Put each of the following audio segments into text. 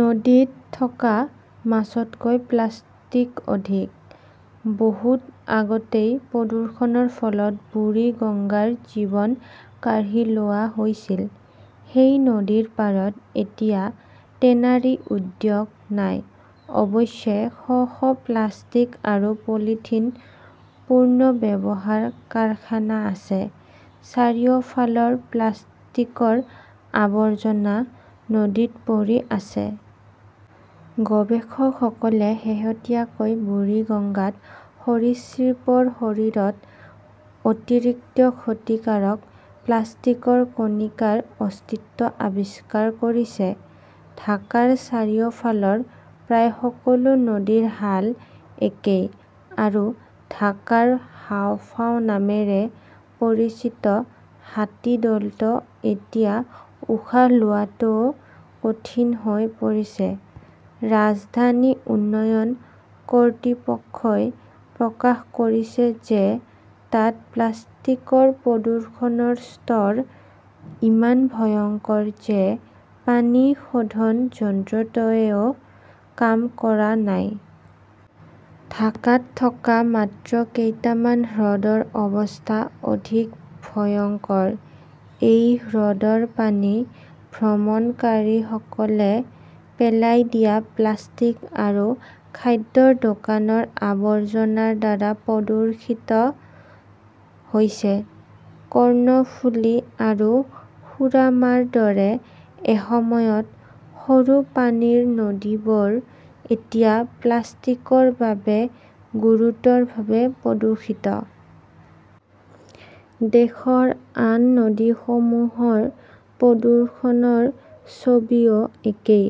নদীত থকা মাছতকৈ প্লাষ্টিক অধিক। বহু আগতেই প্ৰদূষণৰ ফলত বুৰিগঙ্গাৰ জীৱন কাঢ়ি লোৱা হৈছিল। সেই নদীৰ পাৰত এতিয়া টেনাৰী উদ্যোগ নাই। অৱশ্যে, শ শ প্লাষ্টিক আৰু পলিথিন পুনৰ্ব্যৱহাৰ কাৰখানা আছে। চাৰিওফালৰ প্লাষ্টিকৰ আৱৰ্জনা নদীত পৰি আছে। গৱেষকসকলে শেহতীয়াকৈ বুৰিগাংগাত সৰীসৃপৰ শৰীৰত অতিৰিক্ত ক্ষতিকাৰক প্লাষ্টিকৰ কণিকাৰ অস্তিত্ব আৱিষ্কাৰ কৰিছে। ঢাকাৰ চাৰিওফালৰ প্ৰায় সকলো নদীৰ হাল একেই। আৰু ঢাকাৰ 'হাঁওফাঁও নামেৰে পৰিচিত হাতীদলতো এতিয়া উশাহ লোৱাটোও কঠিন হৈ পৰিছে। ৰাজধানী উন্নয়ন কৰ্তৃপক্ষই প্ৰকাশ কৰিছে যে তাত প্লাষ্টিকৰ প্ৰদূষণৰ স্তৰ ইমান ভয়ংকৰ যে পানী শোধন যন্ত্ৰটোৱেও কাম কৰা নাই। ঢাকাত থকা মাত্ৰ কেইটামান হ্ৰদৰ অৱস্থা অধিক ভয়ংকৰ। এই হ্ৰদৰ পানী ভ্ৰমণকাৰীসকলে পেলাই দিয়া প্লাষ্টিক আৰু খাদ্যৰ দোকানৰ আৱৰ্জনাৰ দ্বাৰা প্ৰদূষিত হৈছে। কৰ্ণফুলি আৰু সুৰমাৰ দৰে এসময়ত সৰু পানীৰ নদীবোৰ এতিয়া প্লাষ্টিকৰ বাবে গুৰুতৰভাৱে প্ৰদূষিত। দেশৰ আন নদীসমূহৰ প্ৰদূষণৰ ছবিও একেই।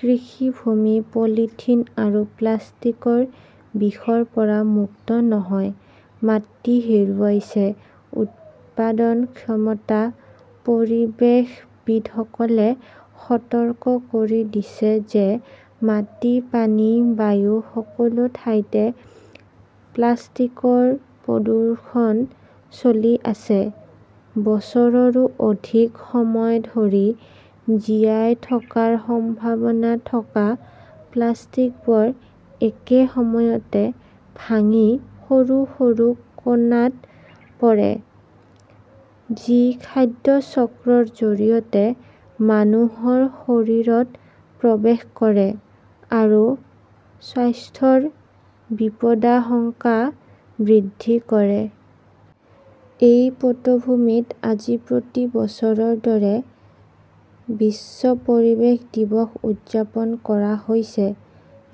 কৃষিভূমি পলিথিন আৰু প্লাষ্টিকৰ বিষৰ পৰা মুক্ত নহয়। মাটি হেৰুৱাইছে উৎপাদন ক্ষমতা। পৰিৱেশবিদসকলে সতৰ্ক কৰি দিছে যে মাটি, পানী, বায়ু-সকলো ঠাইতে প্লাষ্টিকৰ প্ৰদূষণ চলি আছে। বছৰৰো অধিক সময় ধৰি জীয়াই থকাৰ সম্ভাৱনা থকা প্লাষ্টিকবোৰ একে সময়তে ভাঙি সৰু সৰু কণাত পৰে, যি খাদ্য চক্ৰৰ জৰিয়তে মানুহৰ শৰীৰত প্ৰৱেশ কৰে আৰু স্বাস্থ্যৰ বিপদাশংকা বৃদ্ধি কৰে। এই পটভূমিত আজি প্ৰতি বছৰৰ দৰে বিশ্ব পৰিৱেশ দিৱস উদযাপন কৰা হৈছে।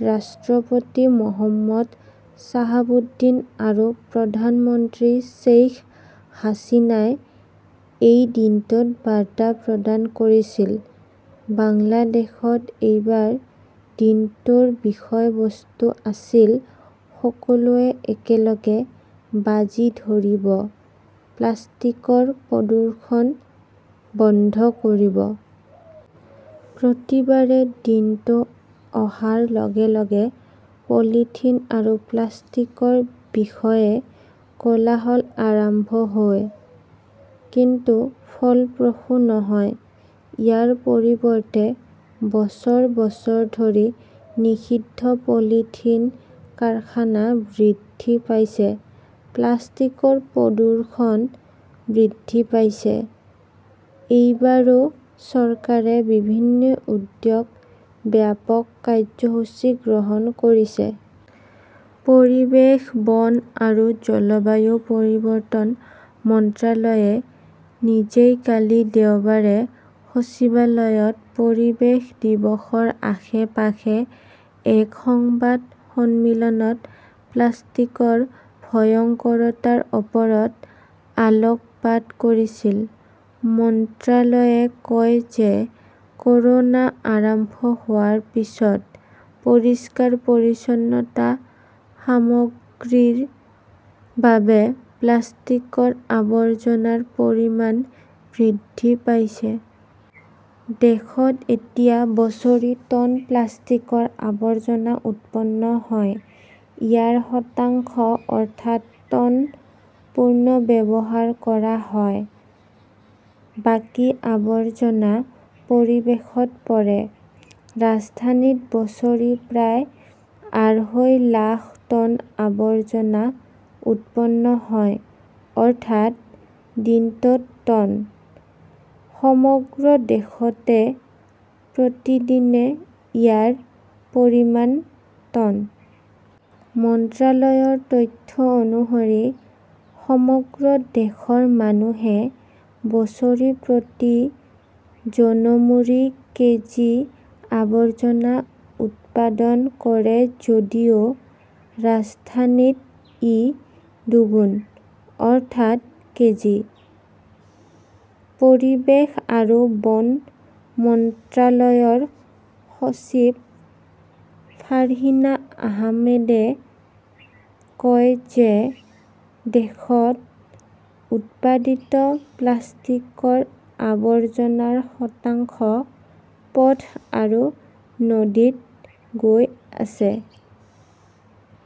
ৰাষ্ট্ৰপতি মহম্মদ শ্বাহাবুদ্দিন আৰু প্ৰধানমন্ত্ৰী শ্বেইখ হাছিনাই এই দিনটোত বাৰ্তা প্ৰদান কৰিছিল। বাংলাদেশত এইবাৰ দিনটোৰ বিষয়বস্তু আছিল সকলোৱে একেলগে বাজি ধৰিব, প্লাষ্টিকৰ প্ৰদূষণ বন্ধ কৰিব। প্ৰতিবাৰে দিনটো অহাৰ লগে লগে পলিথিন আৰু প্লাষ্টিকৰ বিষয়ে কোলাহল আৰম্ভ হয়। কিন্তু ফলপ্ৰসূ নহয়। ইয়াৰ পৰিৱৰ্তে বছৰ বছৰ ধৰি নিষিদ্ধ পলিথিন কাৰখানা বৃদ্ধি পাইছে, প্লাষ্টিকৰ প্ৰদূষণ বৃদ্ধি পাইছে। এইবাৰো চৰকাৰে বিভিন্ন উদ্যোগ, ব্যাপক কাৰ্যসূচী গ্ৰহণ কৰিছে। পৰিৱেশ, বন আৰু জলবায়ু পৰিৱৰ্তন মন্ত্ৰালয়ে নিজেই কালি দেওবাৰে সচিবালয়ত পৰিৱেশ দিৱসৰ আশে-পাশে এক সংবাদ সন্মিলনত প্লাষ্টিকৰ ভয়ংকৰতাৰ ওপৰত আলোকপাত কৰিছিল। মন্ত্ৰালয়ে কয় যে ক’ৰোনা আৰম্ভ হোৱাৰ পিছত পৰিষ্কাৰ-পৰিচ্ছন্নতা সামগ্ৰীৰ বাবে প্লাষ্টিকৰ আৱৰ্জনাৰ পৰিমাণ বৃদ্ধি পাইছে। দেশত এতিয়া বছৰি টন প্লাষ্টিকৰ আৱৰ্জনা উৎপন্ন হয়। ইয়াৰ শতাংশ, অৰ্থাৎ, টন, পুনৰ্ব্যৱহাৰ কৰা হয়। বাকী আৱৰ্জনা পৰিৱেশত পৰে। ৰাজধানীত বছৰি প্ৰায় আঢ়ৈ লাখ টন আৱৰ্জনা উৎপন্ন হয়, অৰ্থাৎ দিনটোত টন। সমগ্ৰ দেশতে প্ৰতিদিনে ইয়াৰ পৰিমাণ, টন। মন্ত্ৰালয়ৰ তথ্য অনুসৰি সমগ্ৰ দেশৰ মানুহে বছৰি প্ৰতি জনমূৰি কেজি আৱৰ্জনা উৎপাদন কৰে যদিও ৰাজধানীত ই দুগুণ, অৰ্থাৎ কেজি। পৰিৱেশ আৰু বন মন্ত্ৰালয়ৰ সচিব ফাৰ্হিনা আহমেদে কয় যে দেশত উৎপাদিত প্লাষ্টিকৰ আৱৰ্জনাৰ শতাংশ পথ আৰু নদীত গৈ আছে।